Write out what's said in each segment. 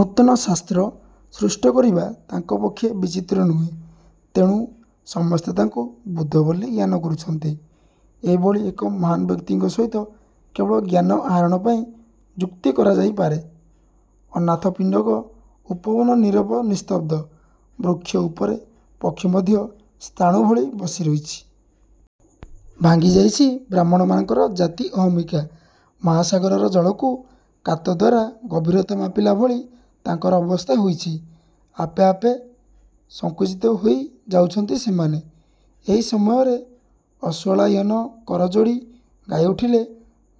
ନୂତନ ଶାସ୍ତ୍ର ସୃଷ୍ଟ କରିବା ତାଙ୍କ ପକ୍ଷେ ବିଚିତ୍ର ନୁହେଁ। ତେଣୁ ସମସ୍ତେ ତାଙ୍କୁ ବୁଦ୍ଧ ବୋଲି ଜ୍ଞାନ କରୁଛନ୍ତି। ଏହିଭଳି ଏକ ମହାନ୍ ବ୍ୟକ୍ତିଙ୍କ ସହିତ କେବଳ ଜ୍ଞାନ ଆହାରଣ ପାଇଁ ଯୁକ୍ତି କରାଯାଇପାରେ। ଅନାଥପିଣ୍ଡକ ଉପବନ ନିରବ ନିସ୍ତବ୍ଦ। ବୃକ୍ଷ ଉପରେ ପକ୍ଷୀ ମଧ୍ୟ ସ୍ଥାଣୁ ଭଳି ବସିରହିଛି। ଭାଙ୍ଗିଯାଇଛି ବ୍ରାହ୍ମଣମାନଙ୍କର ଜାତି ଅହମିକା। ମହାସାଗରର ଜଳକୁ କାତଦ୍ୱାରା ଗଭୀରତା ମାପିଲା ଭଳି ତାଙ୍କର ଅବସ୍ଥା ହୋଇଛି। ଆପେ ଆପେ ସଙ୍କୁଚିତ ହୋଇ ଯାଉଛନ୍ତି ସେମାନେ। ଏହି ସମୟରେ ଅଶ୍ୱଳାୟନ କରଯୋଡ଼ି ଗାଇଉଠିଲେ–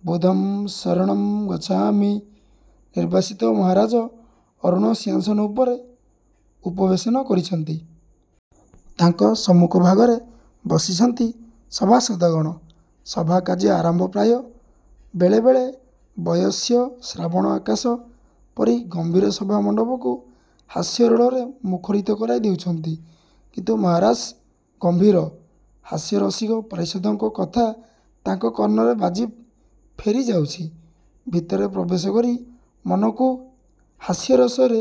ବୁଦ୍ଧଂ ଶରଣଂ ଗଚ୍ଛାମି ନିର୍ବାସିତ ମହାରାଜ ଅରୁଣ ସିଂହାସନ ଉପରେ ଉପବେଶନ କରିଛନ୍ତି। ତାଙ୍କ ସମ୍ମୁଖ ଭାଗରେ ବସିଛନ୍ତି ସଭାସଦଗଣ। ସଭା କାର୍ଯ୍ୟ ଆରମ୍ଭ ପ୍ରାୟ। ବେଳେ ବେଳେ ବୟସ୍ୟ ଶ୍ରାବଣ ଆକାଶ ପରି ଗମ୍ଭୀର ସଭା ମଣ୍ଡପକୁ ହାସ୍ୟରୋଳରେ ମୁଖରିତ କରାଇ ଦେଉଛନ୍ତି; କିନ୍ତୁ ମହାରାଜ ଗମ୍ଭୀର-। ହାସ୍ୟରସିକ ପାରିଷଦଙ୍କ କଥା ତାଙ୍କ କର୍ଣ୍ଣରେ ବାଜି ଫେରିଯାଉଛି। ଭିତରେ ପ୍ରବେଶ କରି ମନକୁ ହାସ୍ୟରସରେ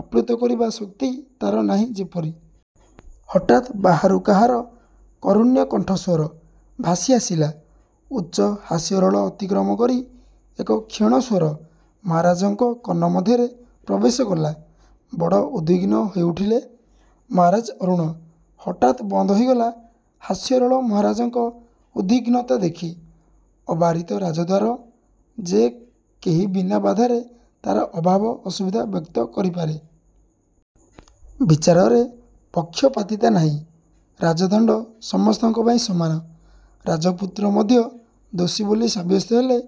ଆପ୍ଳୁତ କରିବା ଶକ୍ତି ତା'ର ନାହିଁ ଯେପରି। ହଠାତ୍ ବାହାରୁ କାହାର କରୁଣ୍ୟ କଣ୍ଠସ୍ୱର ଭାସିଆସିଲା। ଉଚ୍ଚ ହାସ୍ୟରୋଳ ଅତିକ୍ରମ କରି ଏକ କ୍ଷୀଣସ୍ୱର ମହାରାଜଙ୍କ କର୍ଣ୍ଣ ମଧ୍ୟରେ ପ୍ରବେଶ କଲା। ବଡ଼ ଉଦ୍ବିଘ୍ନ ହୋଇଉଠିଲେ ମହାରାଜ 'ଅରୁଣ'। ହଠାତ୍ ବନ୍ଦ ହୋଇଗଲା ହାସ୍ୟରୋଳ, ମହାରାଜଙ୍କ ଉଦ୍ବିଘ୍ନତା ଦେଖି। ଅବାରିତ ରାଜଦ୍ୱାର। ଯେ କେହି ବିନା ବାଧାରେ ତା'ର ଅଭାବ ଅସୁବିଧା ବ୍ୟକ୍ତ କରିପାରେ। ବିଚାରରେ ପକ୍ଷପାତିତା ନାହିଁ। ରାଜଦଣ୍ଡ ସମସ୍ତଙ୍କ ପାଇଁ ସମାନ। ରାଜପୁତ୍ର ମଧ୍ୟ ଦୋଷୀ ବୋଲି ସାବ୍ୟସ୍ତ ହେଲେ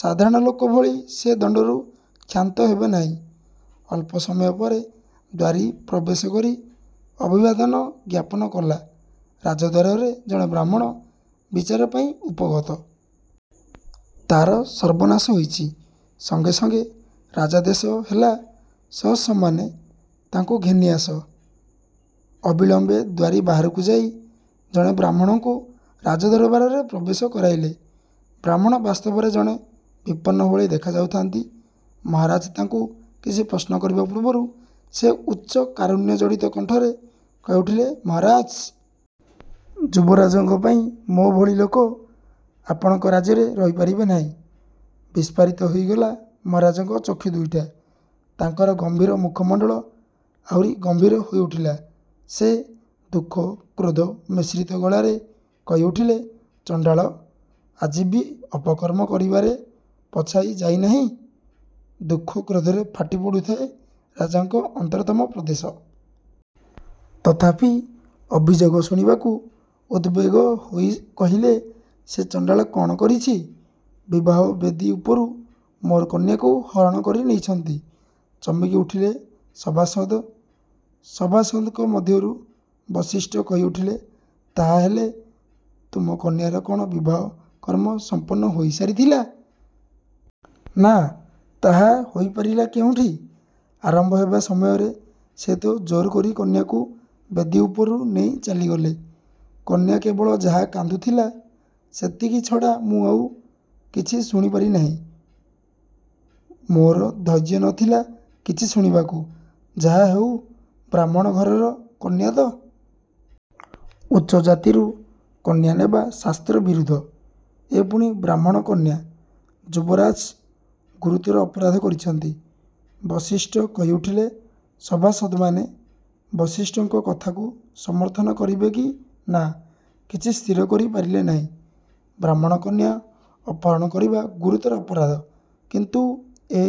ସାଧାରଣ ଲୋକ ଭଳି ସେ ଦଣ୍ଡରୁ କ୍ଷାନ୍ତ ହେବ ନାହିଁ। ଅଳ୍ପ ସମୟ ପରେ ଦ୍ୱାରୀ ପ୍ରବେଶ କରି ଅଭିବାଦନ ଜ୍ଞାପନ କଲା। ରାଜଦ୍ୱାରରେ ଜଣେ ବ୍ରାହ୍ମଣ ବିଚାର ପାଇଁ ଉପଗତ। ତା'ର ସର୍ବନାଶ ହୋଇଛି। ସଙ୍ଗେ ସଙ୍ଗେ ରାଜାଦେଶ ହେଲା ସସମ୍ମାନେ ତାଙ୍କୁ ଘେନିଆସ। ଅବିଳମ୍ୱେ ଦ୍ୱାରୀ ବାହାରକୁ ଯାଇ ଜଣେ ବ୍ରାହ୍ମଣଙ୍କୁ ରାଜଦରବାରରେ ପ୍ରବେଶ କରାଇଲେ। ବ୍ରାହ୍ମଣ ବାସ୍ତବରେ ଜଣେ ବିପନ୍ନଭଳି ଦେଖାଯାଉଥାନ୍ତି। ମହାରାଜ ତାଙ୍କୁ କିଛି ପ୍ରଶ୍ନ କରିବା ପୂର୍ବରୁ ସେ ଉଚ୍ଚ କାରୁଣ୍ୟଜଡ଼ିତ କଣ୍ଠରେ କହିଉଠିଲେ, ମହାରାଜ! ଯୁବରାଜଙ୍କ ପାଇଁ ମୋ ଭଳି ଲୋକ। ଆପଣଙ୍କ ରାଜ୍ୟରେ ରହିପାରିବେ ନାହିଁ। ବିସ୍ଫାରିତ ହୋଇଗଲା ମହାରାଜଙ୍କ ଚକ୍ଷୁ ଦୁଇଟା। ତାଙ୍କର ଗମ୍ଭୀର ମୁଖମଣ୍ଡଳ ଆହୁରି ଗମ୍ଭୀର ହୋଇଉଠିଲା। ସେ ଦୁଃଖ-କ୍ରୋଧ-ମିଶ୍ରିତ ଗଳାରେ କହି ଉଠିଲେ ଚଣ୍ଡାଳ ଆଜି ବି ଅପକର୍ମ କରିବାରେ ପଛାଇ ଯାଇନାହିଁ। ଦୁଃଖ କ୍ରୋଧରେ ଫାଟି ପଡ଼ୁଥାଏ ରାଜାଙ୍କ ଅନ୍ତରତମ ପ୍ରଦେଶ। ତଥାପି ଅଭିଯୋଗ ଶୁଣିବାକୁ ଉଦବେଗ ହୋଇ କହିଲେ, ସେ ଚଣ୍ଡାଳ କ'ଣ କରିଛି! ବିବାହ ବେଦୀ ଉପରୁ ମୋର କନ୍ୟାକୁ ହରଣ କରି ନେଇଛନ୍ତି। ଚମକି ଉଠିଲେ ସଭାସଦ୍। ସଭାସଦ୍ଙ୍କ ମଧ୍ୟରୁ ବଶିଷ୍ଠ କହି ଉଠିଲେ, ତାହାହେଲେ ତୁମ କନ୍ୟାର କ'ଣ ବିବାହ କର୍ମ ସମ୍ପନ୍ନ ହୋଇସାରିଥିଲା? ନା, ତାହା ହୋଇପାରିଲା କେଉଁଠି! ଆରମ୍ଭ ହେବା ସମୟରେ ସେ'ତ ଜୋର କରି କନ୍ୟାକୁ ବେଦୀ ଉପରୁ ନେଇ ଚାଲିଗଲେ। କନ୍ୟା କେବଳ ଯାହା କାନ୍ଦୁଥିଲା ସେତିକି ଛଡ଼ା ମୁଁ ଆଉ କିଛି ଶୁଣିପାରି ନାହିଁ। ମୋ'ର ଧୈର୍ଯ୍ୟ ନଥିଲା କିଛି ଶୁଣିବାକୁ। ଯାହାହେଉ ବ୍ରାହ୍ମଣ ଘରର କନ୍ୟା ତ। ଉଚ୍ଚ ଜାତିରୁ କନ୍ୟାନେବା ଶାସ୍ତ୍ରବିରୁଦ୍ଧ। ଏ ପୁଣି ବ୍ରାହ୍ମଣ କନ୍ୟା। ଯୁବରାଜ ଗୁରୁତର ଅପରାଧ କରିଛନ୍ତି, ବଶିଷ୍ଠ କହିଉଠିଲେ। ସଭାସଦବାନେ ବଶିଷ୍ଠଙ୍କ କଥାକୁ ସମର୍ଥନ କରିବେ କି ନା କିଛି ସ୍ଥିରକରି ପାରିଲେ ନାହିଁ। ବ୍ରାହ୍ମଣ କନ୍ୟା ଅପହରଣ କରିବା ଗୁରୁତର ଅପରାଧ। କିନ୍ତୁ ଏ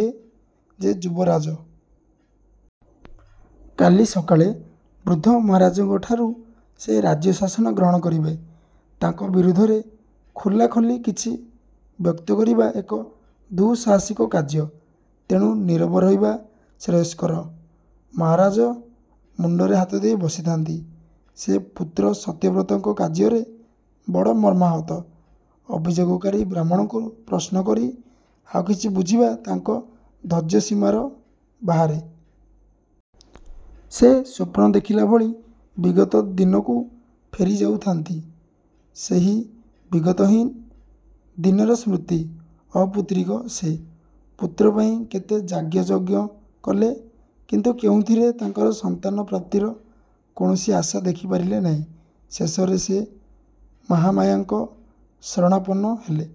ଯେ ଯୁବରାଜ। କାଲି ସକାଳେ ବୃଦ୍ଧ ମହାରାଜାଙ୍କଠାରୁ ସେ ରାଜ୍ୟଶାସନ ଗ୍ରହଣ କରିବେ। ତାଙ୍କ ବିରୁଦ୍ଧରେ ଖୋଲା ଖୋଲି କିଛି ବ୍ୟକ୍ତ କରିବା ଏକ ଦୁଃସାହସିକ କାର୍ଯ୍ୟ। ତେଣୁ ନୀରବ ରହିବା ଶ୍ରେୟସ୍କର। ମହାରାଜ ମୁଣ୍ଡରେ ହାତଦେଇ ବସିଥାନ୍ତି; ସେ ପୁତ୍ର ସତ୍ୟବ୍ରତଙ୍କ କାର୍ଯ୍ୟରେ ବଡ଼ ମର୍ମାହତ। ଅଭିଯୋଗକାରୀ ବ୍ରାହ୍ମଣଙ୍କୁ ପ୍ରଶ୍ନ କରି ଆଉ କିଛି ବୁଝିବା ତାଙ୍କ ଧୈର୍ଯ୍ୟସୀମାର ବାହାରେ। ସେ ସ୍ୱପ୍ନ ଦେଖିଲା ଭଳି ବିଗତ ଦିନକୁ ଫେରିଯାଉଥାନ୍ତି–ସେହି ବିଗତହିଁ ଦିନର ସ୍ମୃତି–ଅପୁତ୍ରିକ ସେ। ପୁତ୍ର ପାଇଁ କେତେ ଯାଗ ଯଜ୍ଞ କଲେ; କିନ୍ତୁ କେଉଁଥିରେ ତାଙ୍କର ସନ୍ତାନପ୍ରାପ୍ତିର କୌଣସି ଆଶା ଦେଖି ପାରିଲେ ନାହିଁ। ଶେଷରେ ସେ ମହାମାୟାଙ୍କ ଶରଣାପନ୍ନ ହେଲେ।